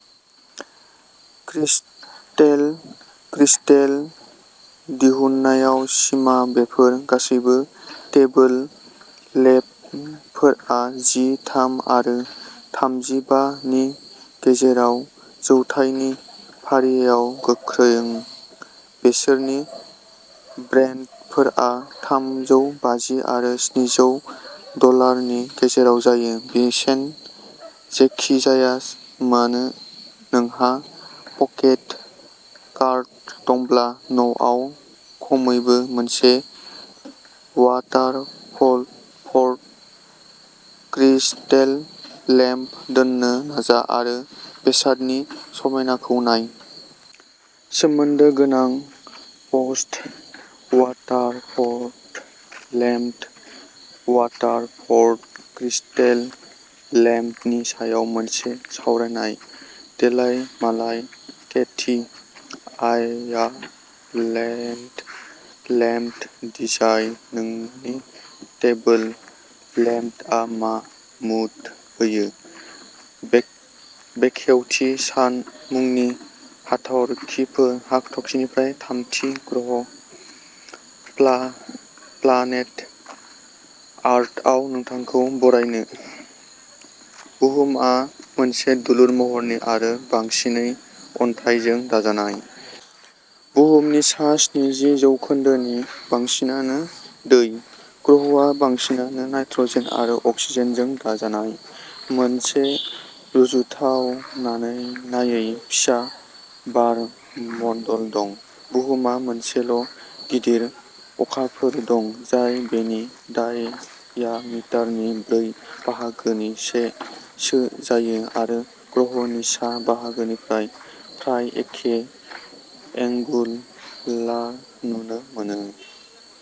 Crystal crystal दिहुन्नायाव सिमा बेफोर गासैबो टेबोल लेम्पफोरा जि थाम आरो थामजि बा नि गेजेराव जौथायनि फारियाव गोख्रों। बेसेननि ब्रेन्डफोरा थामजौ बाजि आरो स्निजौ डलारनि गेजेराव जायो। बेसेन जेखि जाया मानो, नोंहा पकेट कार्ड दंब्ला, न'आव खमैबो मोनसे वाटारफ'र्ड क्रिस्टेल लेम्प दोननो नाजा आरो बेसादनि समायनाखौ नाय। सोमोन्दो गोनां post "Waterford lamps, Waterford crystal लेम्पनि सायाव मोनसे सावरायनाय" देलायमालाय केथी आयारलेन्ड लेम्प्स डिजाइन, नोंनि टेबोल लेम्प्सआ मा मुड होयो? बेखेवथि सान मुंनि हाथरखिनिफ्राय थामथि ग्रह, प्लानेट आर्थआव नोंखौ बरायनो। बुहुमआ मोनसे दुलुर महरनि आरो बांसिनै अन्थाइजों दाजानाय। बुहुमनि सा स्निजि जौखोन्दोनि बांसिनानो दै। ग्रहहा बांसिनानो नाइट्र'जेन आरो अक्सिजेनजों दाजानाय मोनसे रुजुथावनायै फिसा बारमन्दल दं। बुहुमहा मोनसेल' गिदिर अखाफोर दं जाय बेनि डायामिटारनि ब्रै बाहागोनि से सो जायो आरो, ग्रहनि सा बाहागोनिफ्राय, फ्राय एखे एंगुलार नुनो मोनो।